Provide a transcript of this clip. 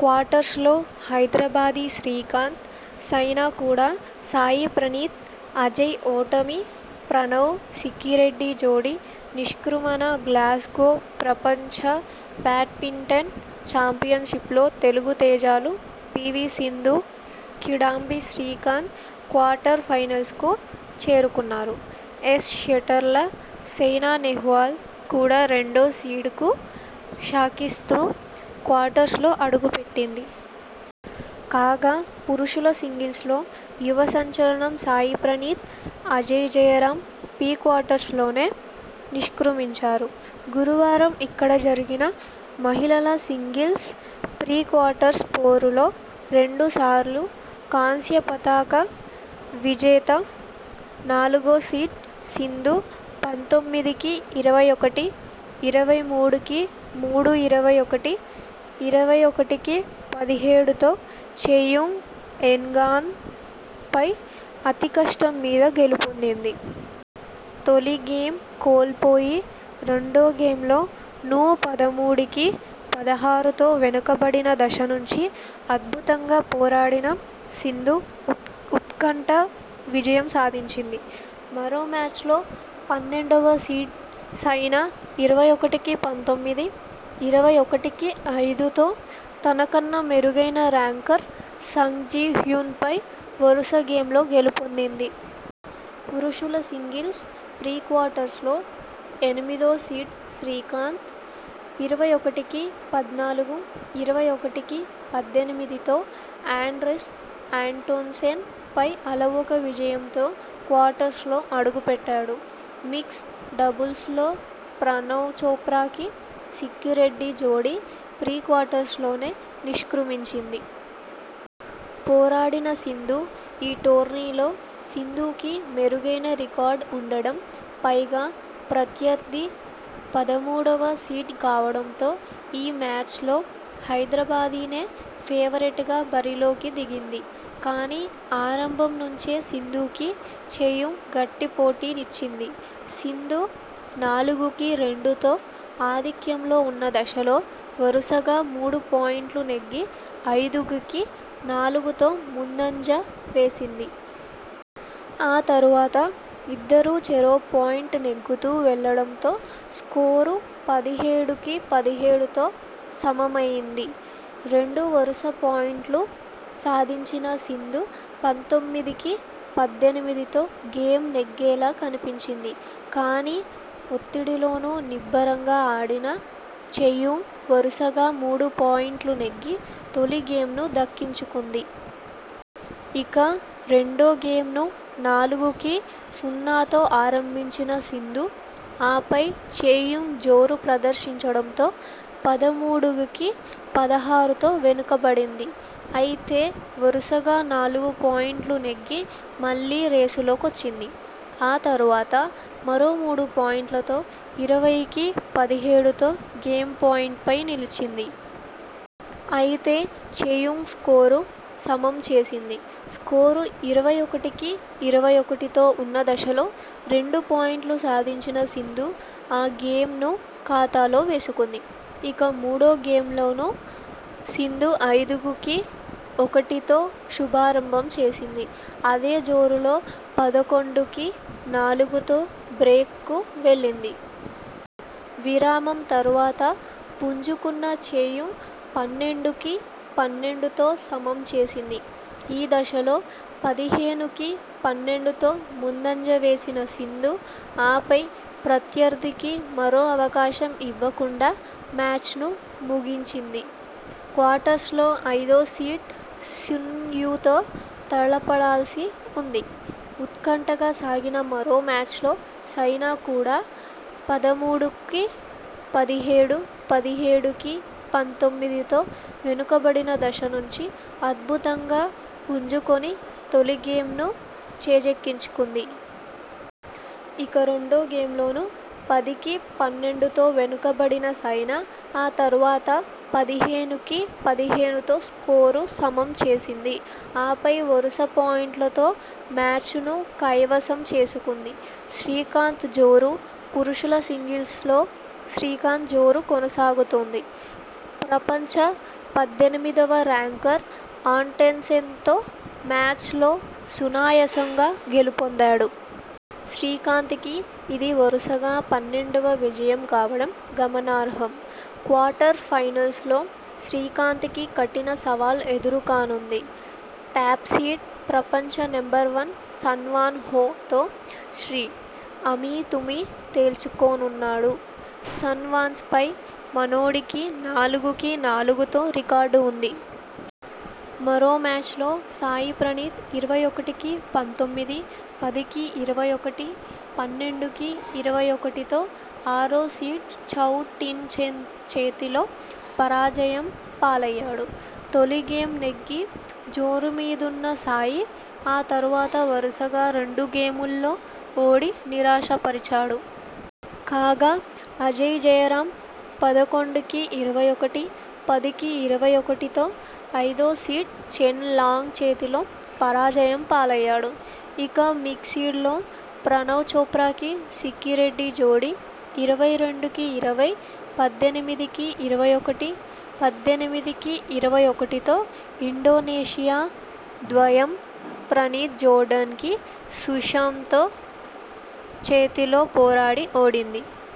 క్వార్టర్స్లో హైదరాబాదీ శ్రీకాంత్, సైనా కూడా సాయి ప్రణీత్, అజయ్ ఓటమి ప్రణవ్ సిక్కిరెడ్డి జోడీ నిష్క్రమణ గ్లాస్గో ప్రపంచ బ్యాడ్మింటన్ చాంపియన్షిప్ లో తెలుగు తేజాలు P V Sindhu, Kidambi Srikanth quarter final కు చేరుకున్నారు. ఏస్ షట్లర్ సైనా నెహ్వాల్ కూడా రెండో సీడ్ కు షాకిస్తూ క్వార్టర్స్లో అడుగు పెట్టింది. కాగా.. పురుషుల సింగిల్స్లో యువ సంచలనం సాయి ప్రణీత్, అజయ్ జయరామ్ ప్రీ క్వార్టర్స్ లోనే నే నిష్క్రమించారు. గురువారం ఇక్కడ జరిగిన మహిళల సింగిల్స్ ప్రీ క్వార్టర్స్ పోరులో రెండుసార్లు కాంస్య పతక విజేత, నాలుగో సీడ్ సింధు పంతొమ్మిది కి ఇరవై ఒకటి, ఇరవై మూడు కి మూడు ఇరవై ఒకటి, ఇరవై ఒకటి కి పదిహేడుతో చెయుంగ్ ఎన్గాన్ యి పై అతి కష్టం మీద గెలుపొందింది. తొలి గేమ్ కోల్పోయి రెండో గేమ్లో నూ పదమూడు కి పదహారుతో వెనకబడిన దశ నుంచి అద్భుతంగా పోరాడిన సింధు ఉత్కంఠ విజయం సాధించింది. మరో మ్యాచ్లో పన్నెండువ సీడ్ సైనా ఇరవై ఒకటి కి పంతొమ్మిది, ఇరవై ఒకటి కి ఐదుతో తనకన్నా మెరుగైౖన ర్యాంకర్ సంగ్ జి హ్యున్ పై వరుస గేముల్లో గెలుపొందింది. పురుషుల సింగిల్స్ ప్రీ క్వార్టర్స్లో ఎనిమిదో సీడ్ శ్రీకాంత్ ఇరవై ఒకటి కి పద్నాలుగు, ఇరవై ఒకటి కి పద్దెనిమిదితో ఆండ్రెస్ ఆంటోన్సెన్ పై అలవోక విజయంతో క్వార్టర్స్లో అడుగుపెట్టాడు. మిక్స్డ్ డబుల్స్లో ప్రణవ్ చోప్రా కి సిక్కిరెడ్డి జోడీ ప్రీ క్వార్టర్స్ లోనే నిష్క్రమించింది. పోరాడిన సింధు.. ఈ టోర్నీలో సింధుకి మెరుగైన రికార్డు ఉండడం, పైగా ప్రత్యర్థి పదమూడువ సీడ్ కావడంతో ఈ మ్యాచ్లో హైదరాబాదీనే ఫేవరెట్గా బరిలోకి దిగింది. కానీ.. ఆరంభం నుంచే సింధుకి చెయుంగ్ గట్టి పోటీనిచ్చింది. సింధు నాలుగు కి రెండుతో ఆధిక్యంలో ఉన్న దశలో వరుసగా మూడు పాయింట్లు నెగ్గి ఐదు కి నాలుగుతో ముందంజ వేసింది. ఆ తర్వాత ఇద్దరూ చెరో పాయింట్ నెగ్గుతూ వెళ్లడం తో స్కోరు పదిహేడు కి పదిహేడుతో సమమైంది. రెండు వరుస పాయింట్లు సాధించిన సింధు పంతొమ్మిది కి పద్దెనిమిదితో గేమ్ నెగ్గేలా కనిపించింది. కానీ.. ఒత్తిడిలోనూ నిబ్బరంగా ఆడిన చెయుంగ్ వరుసగా మూడు పాయింట్లు నెగ్గి తొలి గేమ్ను దక్కించుకుంది. ఇక రెండోగేమ్ను నాలుగు కి సున్నాతో ఆరంభించిన సింధు.. ఆపై చెయుంగ్ జోరు ప్రదర్శించడంతో పదమూడు కి పదహారుతో వెనకబడింది. అయితే వరుసగా నాలుగు పాయింట్లు నెగ్గి మళ్లీ రేసులోకొచ్చింది. ఆ తర్వాత మరో మూడు పాయింట్లతో ఇరవై కి పదిహేడుతో గేమ్ పాయింట్ పై నిలిచింది. అయితే చెయుంగ్ స్కోరు సమం చేసింది. స్కోరు ఇరవై ఒకటి కి ఇరవై ఒకటితో ఉన్న దశలో రెండు పాయింట్లు సాధించిన సింధు ఆ గేమ్ను ఖాతాలో వేసుకుంది. ఇక మూడో గేమ్లోనూ సింధు ఐదు కి ఒకటితో శుభారంభం చేసింది. అదే జోరులో పదకొండు కి నాలుగుతో బ్రేక్ కు వెళ్లింది. విరామం తర్వాత పుంజుకున్న చెయుంగ్ పన్నెండు కి పన్నెండుతో సమం చేసింది. ఈ దశలో పదిహేను కి పన్నెండుతో ముందంజ వేసిన సింధు ఆపై ప్రత్యర్థికి మరో అవకాశం ఇవ్వకుండా మ్యాచ్ను ముగించింది. క్వార్టర్స్లో ఐదోసీడ్ సున్ యు తో తలపడాల్సి ఉంది. ఉత్కంఠగా సాగిన మరో మ్యాచ్లో సైనా కూడా పదమూడు- కి పదిహేడు, పదిహేడు కి పంతొమ్మిదితో వెనకబడిన దశ నుంచి అద్భుతంగా పుంజుకొని తొలిగేమ్ ను చేజిక్కించుకుంది. ఇక రెండో గేమ్లోనూ పది కి పన్నెండుతో వెనకబడిన సైనా ఆ తర్వాత పదిహేను కి పదిహేనుతో స్కోరు సమం చేసింది. ఆపై వరుస పాయింట్లతో మ్యాచ్ ను కైవసం చేసుకుంది. శ్రీకాంత్ జోరు.. పురుషుల సింగిల్స్లో శ్రీకాంత్ జోరు కొనసాగుతోంది. ప్రపంచ పద్దెనిమిదివ ర్యాంకర్ ఆంటోన్సెన్తో మ్యాచ్లో సునాయాసం గా గెలుపొందాడు. శ్రీకాంత్ కి ఇది వరుసగా పన్నెండువ విజయం కావడం గమనార్హం. క్వార్టర్ ఫైనల్లో శ్రీకాంత్ కి కఠిన సవాల్ ఎదురుకానుంది. టాప్సీడ్, ప్రపంచ నెంబర్వన్ సన్ వాన్ హో తో శ్రీ.. అమీతుమీ తేల్చుకోనున్నాడు. సన్ వాన్పై మనోడికి నాలుగు కి నాలుగుతో రికార్డు ఉంది. మరో మ్యాచ్లో సాయి ప్రణీత్ ఇరవై ఒకటి కి పంతొమ్మిది, పది కి ఇరవై ఒకటి, పన్నెండు కి ఇరవై ఒకటితో ఆరోసీడ్ చౌ టిన్ చెన్ చేతిలో పరాజయం పాలయ్యాడు. తొలి గేమ్ నెగ్గి జోరుమీదున్న సాయి ఆ తర్వాత వరుసగా రెండు గేముల్లో ఓడి నిరాశపరి చాడు. కాగా.. అజయ్ జయరాం పదకొండు కి ఇరవై ఒకటి, పది కి ఇరవై ఒకటితో ఐదోసీడ్ చెన్ లాంగ్ చేతిలో పరాజయం పాలయ్యాడు. ఇక మిక్సిడ్ లో ప్రణవ్ చోప్రా కి సిక్కి రెడ్డి జోడీ ఇరవై రెండు కి ఇరవై, పద్దెనిమిది కి ఇరవై ఒకటి, పద్దెనిమిది కి ఇరవై ఒకటితో ఇండోనేసియా ద్వయం ప్రవీణ్ జోర్డాన్ కి సుశాంతో చేతిలో పోరాడి ఓడింది.